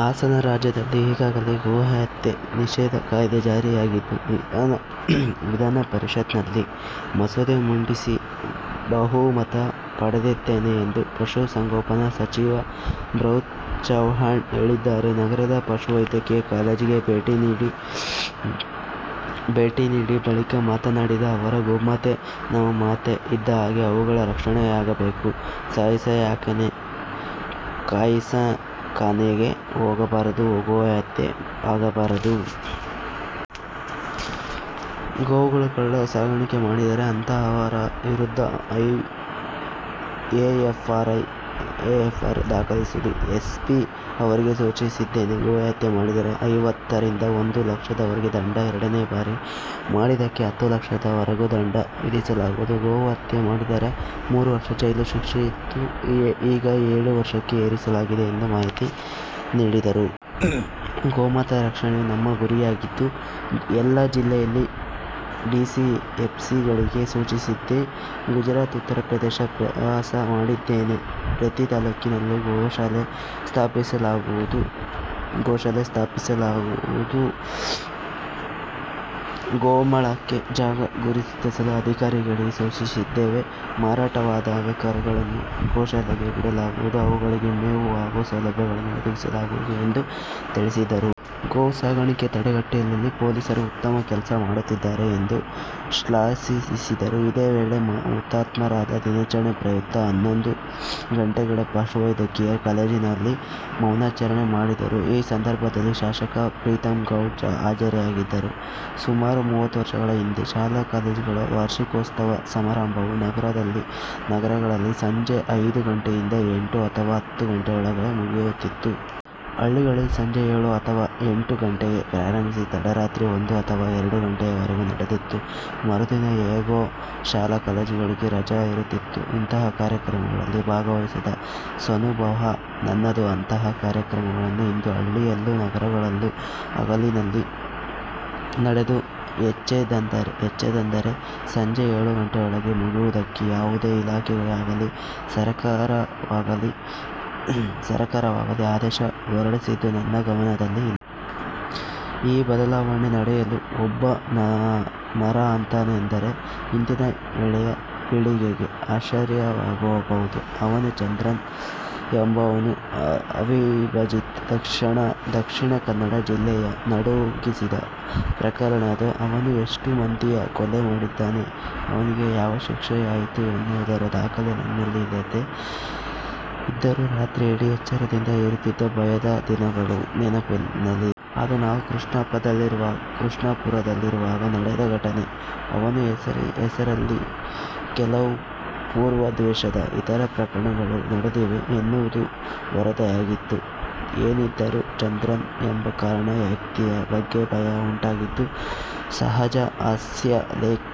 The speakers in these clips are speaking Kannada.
ಹಾಸನ: ರಾಜ್ಯದಲ್ಲಿ ಈಗಾಗಲೇ ಗೋಹತ್ಯೆ ನಿಷೇಧ ಕಾಯ್ದೆ ಜಾರಿಯಾಗಿದ್ದು, ವಿಧಾನ ಪರಿಷತ್ ನಲ್ಲಿ ಮಸೂದೆ ಮಂಡಿಸಿ ಬಹುಮತ ಪಡೆಯುತ್ತೇನೆ ಎಂದು ಪಶುಸಂಗೋಪನೆ ಸಚಿವ ಫ್ರಭುಚೌವ್ಹಾಣ್ ಹೇಳಿದ್ದಾರೆ. ನಗರದ ಪಶುವೈದ್ಯಕೀಯ ಕಾಲೇಜಿಗೆ ಭೇಟಿ ನೀಡಿ ಬಳಿಕ ಮಾತನಾಡಿದ ಅವರು, ಗೋಮಾತೆ ನಮ್ಮ ಮಾತೆ ಇದ್ದಹಾಗೆ ಅವುಗಳ ರಕ್ಷಣೆಯಾಗಬೇಕು, ಕಸಾಯಿಖಾನೆಗೆ ಹೋಗಬಾರದು, ಗೋಹತ್ಯೆ ಆಗಬಾರದು. ಗೋವುಗಳ ಕಳ್ಳ ಸಾಗಣೆ ಮಾಡಿದರೆ ಅಂತಹವರ ವಿರುದ್ಧ ಎಫ್ಐಆರ್ ದಾಖಲಿಸಲು ಎಸ್ಪಿ ಅವರಿಗೆ ಸೂಚಿಸಿದ್ದೇನೆ. ಗೋಹತ್ಯೆ ಮಾಡಿದರೆ ಐವತ್ತರಿಂದ ಒಂದು ಲಕ್ಷದವರೆಗೆ ದಂಡ, ಎರಡನೇ ಬಾರಿ ಮಾಡಿದರೆ ಹತ್ತು ಲಕ್ಷದವರೆಗೂ ದಂಡ ವಿಧಿಸಲಾಗುವುದು. ಗೋವು ಹತ್ಯೆ ಮಾಡಿದರೆ ಮೂರು ವರ್ಷ ಜೈಲು ಶಿಕ್ಷೆ ಇತ್ತು ಈಗ ಏಳು ವರ್ಷಕ್ಕೆ ಏರಿಸಲಾಗಿದೆ ಎಂದು ಮಾಹಿತಿ ನೀಡಿದರು. ಗೋಮಾತೆ ರಕ್ಷಣೆಯೇ ನಮ್ಮ ಗುರಿಯಾಗಿದ್ದು, ಎಲ್ಲ ಜಿಲ್ಲೆಯ ಡಿಸಿ, ಎಸ್ಪಿ ಗಳಿಗೆ ಸೂಚಿಸಿದ್ದೇನೆ. ಗುಜರಾತ್, ಉತ್ತರಪ್ರದೇಶ ಪ್ರವಾಸ ಮಾಡಿದ್ದೇನೆ. ಪ್ರತಿ ತಾಲೂಕಿನಲ್ಲೂ ಗೋಶಾಲೆ ಸ್ಥಾಪಿಸಲಾಗುವುದು, ಗೋಮಾಳಕ್ಕೆ ಜಾಗ ಗುರುತಿಸಲು ಅಧಿಕಾರಿಗಳಿಗೆ ಸೂಚಿಸಿದ್ದೇನೆ, ಮಾರಾಟವಾಗದ ಕರುಗಳನ್ನು ಗೋಶಾಲೆಗೆ ಬಿಡಲಾಗುವುದು, ಅವುಗಳಿಗೆ ಮೇವು ಹಾಗೂ ಸೌಲಭ್ಯಗಳನ್ನು ಒದಗಿಸಲಾಗುವುದು ಎಂದು ತಿಳಿಸಿದರು. ಗೋವು ಸಾಗಾಣೆ ತಡೆಗಟ್ಟುವಲ್ಲಿ ಪೊಲೀಸರು ಉತ್ತಮ ಕೆಲಸ ಮಾಡುತ್ತಿದ್ದಾರೆ ಎಂದು ಶ್ಲಾಘಿಸಿದರು. ಇದೇ ವೇಳೆ ಹುತಾತ್ಮರ ದಿನಾಚರಣೆ ಪ್ರಯುಕ್ತ ಹನ್ನೊಂದು ಗಂಟೆಗೆ ಪಶುವೈದ್ಯಕೀಯ ಕಾಲೇಜಿನಲ್ಲೇ ಮೌನಾಚರಣೆ ಮಾಡಿದರು. ಈ ಸಂದರ್ಭದಲ್ಲಿ ಶಾಸಕ ಪ್ರೀತಂಗೌಡ ಹಾಜರಿದ್ದರು. ಸುಮಾರು ಮೂವತ್ತು ವರ್ಷಗಳ ಹಿಂದೆ ಶಾಲಾ ಕಾಲೇಜುಗಳ ವಾರ್ಷಿಕೋತ್ಸವ ಸಮಾರಂಭವು ನಗರಗಳಲ್ಲಿ ಸಂಜೆ ಐದು ಗಂಟೆಯಿಂದ ಎಂಟು ಅಥವಾ ಹತ್ತು ಗಂಟೆಯೊಳಗೆ ಮುಗಿಯುತ್ತಿತ್ತು. ಹಳ್ಳಿಗಳಲ್ಲಿ ಸಂಜೆ ಏಳು ಅಥವಾ ಎಂಟು ಗಂಟೆಗೆ ಪ್ರಾರಂಭಿಸಿ ತಡರಾತ್ರಿ ಒಂದು ಅಥವಾ ಎರಡು ಗಂಟೆಯವರೆಗೂ ನಡೆಯುತ್ತಿತ್ತು. ಮರುದಿನ ಹೇಗೂ ಶಾಲಾ ಕಾಲೇಜುಗಳಿಗೆ ರಜಾ ಇರುತ್ತಿತ್ತು. ಇಂತಹ ಕಾರ್ಯಕ್ರಮಗಳಲ್ಲಿ ಭಾಗವಹಿಸಿದ ಸ್ವಾನುಭವ ನನ್ನದು. ಅಂತಹ ಕಾರ್ಯಕ್ರಮಗಳು ಇಂದು ಹಳ್ಳಿಯಲ್ಲೂ ನಗರಗಳಲ್ಲೂ ಹಗಲಿನಲ್ಲಿ ನಡೆದು ಹೆಚ್ಚೆಂದರೆ ಸಂಜೆ ಏಳು ಗಂಟೆಯೊಳಗೆ ಮುಗಿಯುವುದಕ್ಕೆ ಯಾವುದೇ ಇಲಾಖೆಯಾಗಲಿ, ಸರಕಾರವಾಗಲಿ ಆದೇಶ ಹೊರಡಿಸಿದ್ದು ನನ್ನ ಗಮನದಲ್ಲಿ ಇಲ್ಲ. ಈ ಬದಲಾವಣೆ ನಡೆಯಲು ಒಬ್ಬ ನರಹಂತಕನೆಂದರೆ ಇಂದಿನ ಎಳೆಯ ಪೀಳಿಗೆಗೆ ಆಶ್ಚರ್ಯವಾಗಬಹುದು. ಅವನೇ ಚಂದ್ರನ್ ಎಂಬವನು. ಅವಿಭಜಿತ ದಕ್ಷಿಣ ಕನ್ನಡ ಜಿಲ್ಲೆಯನ್ನು ನಡುಗಿಸಿದ ಪ್ರಕರಣವದು. ಅವನು ಎಷ್ಟು ಮಂದಿಯ ಕೊಲೆ ಮಾಡಿದ್ದಾನೆ, ಅವನಿಗೆ ಯಾವ ಶಿಕ್ಷೆಯಾಯಿತು ಎನ್ನುವುದರ ದಾಖಲಾತಿ ನನ್ನಲ್ಲಿ ಇಲ್ಲದೆ ಇದ್ದರೂ ರಾತ್ರಿಯಿಡೀ ಎಚ್ಚರದಿಂದ ಇರುತ್ತಿದ್ದ ಭಯದ ದಿನಗಳು ನೆನಪಿನಲ್ಲಿವೆ. ಅದು ನಾವು ಕೃಷ್ಣಾಪುರದಲ್ಲಿರುವಾಗ ನಡೆದ ಘಟನೆಗಳು. ಅವನ ಹೆಸರಲ್ಲಿ ಕೆಲವು ಪೂರ್ವದ್ವೇಷದ ಇತರ ಪ್ರಕರಣಗಳೂ ನಡೆದಿವೆ ಎನ್ನುವುದೂ ವರದಿಯಾಗಿತ್ತು. ಏನಿದ್ದರೂ ಚಂದ್ರನ್ ಎಂಬ ಕಾಣದ ವ್ಯಕ್ತಿಯ ಬಗ್ಗೆ ಭಯ ಉಂಟಾಗಿದ್ದುದು ಸಹಜ. ಹಾಸ್ಯ ಲೇಖಕಿ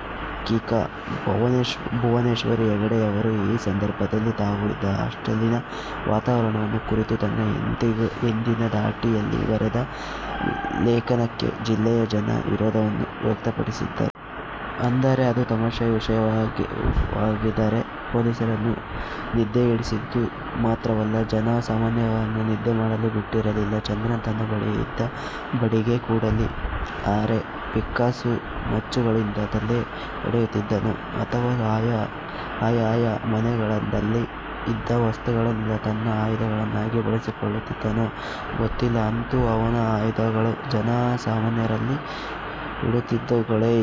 ಭುವನೇಶ್ವರಿ ಹೆಗಡೆಯವರು ಈ ಸಂದರ್ಭದಲ್ಲಿ ತಾವು ಇದ್ದ ಹಾಸ್ಟೆಲಿನ ವಾತಾವರಣವನ್ನು ಕುರಿತು ತನ್ನ ಎಂದಿನ ಧಾಟಿಯಲ್ಲಿ ಬರೆದ ಲೇಖನಕ್ಕೆ ಜಿಲ್ಲೆಯ ಜನ ವಿರೋಧವನ್ನೂ ವ್ಯಕ್ತಪಡಿಸಿದ್ದರು. ಅಂದರೆ ಅದು ತಮಾಷೆಯ ವಿಷಯವಾಗಿರದೆ ಪೊಲೀಸರನ್ನು ನಿದ್ದೆಗೆಡಿಸಿದ್ದು ಮಾತ್ರವಲ್ಲ, ಜನ ಸಾಮಾನ್ಯರನ್ನೂ ನಿದ್ದೆ ಮಾಡಲು ಬಿಟ್ಟಿರಲಿಲ್ಲ. ಚಂದ್ರನ್ ತನ್ನ ಬಳಿಯಿದ್ದ ಬಡಿಗೆ, ಕೊಡಲಿ, ಹಾರೆ, ಪಿಕ್ಕಾಸು, ಮಚ್ಚುಗಳಿಂದ ತಲೆ ಒಡೆಯುತ್ತಿದ್ದನೋ ಅಥವಾ ಆಯಾಯ ಮನೆಯಂಗಳದಲ್ಲಿ ಇದ್ದ ವಸ್ತುಗಳನ್ನೇ ತನ್ನ ಆಯುಧಗಳನ್ನಾಗಿ ಬಳಸಿಕೊಳ್ಳುತ್ತಿದ್ದನೋ ಗೊತ್ತಿಲ್ಲ. ಅಂತೂ ಅವನ ಆಯುಧಗಳು ಜನ ಸಾಮಾನ್ಯರಲ್ಲಿ ಇರುತ್ತಿದ್ದವುಗಳೇ.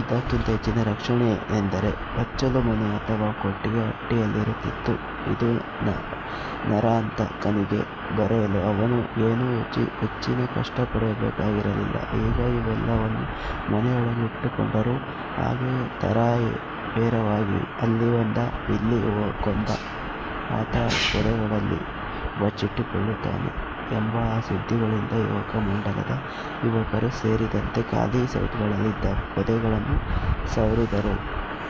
ಇದಕ್ಕಿಂತ ಹೆಚ್ಚಿನ ರಕ್ಷಣೆ ಎಂದರೆ ಬಚ್ಚಲು ಮನೆ ಅಥವಾ ಕೊಟ್ಟಿಗೆ, ಹಟ್ಟಿಯಲ್ಲಿರುತ್ತಿತ್ತು. ಇದು ನರಹಂತಕನಿಗೆ ದೊರೆಯಲು ಅವನು ಏನೂ ಹೆಚ್ಚಿನ ಕಷ್ಟಪಡಬೇಕಾಗಿರಲಿಲ್ಲ. ಈಗ ಇವೆಲ್ಲವನ್ನೂ ಮನೆಯೊಳಗೆ ಇಟ್ಟುಕೊಂಡರು. ಹಾಗೆಯೇ ತರಹೇವಾರಿಯಾಗಿ ಅಲ್ಲಿ ಬಂದ, ಇಲ್ಲಿ ಕೊಂದ, ಆತ ಪೊದೆಗಳಲ್ಲಿ ಬಚ್ಚಿಟ್ಟುಕೊಳ್ಳುತ್ತಾನೆ ಎಂಬ ಸುದ್ದಿಗಳಿಂದ ಯುವಕ ಮಂಡಲದ ಯುವಕರೂ ಸೇರಿದಂತೆ ಖಾಲಿ ಸೈಟುಗಳಲ್ಲಿದ್ದ ಪೊದೆಗಳನ್ನು ಸವರಿದರು.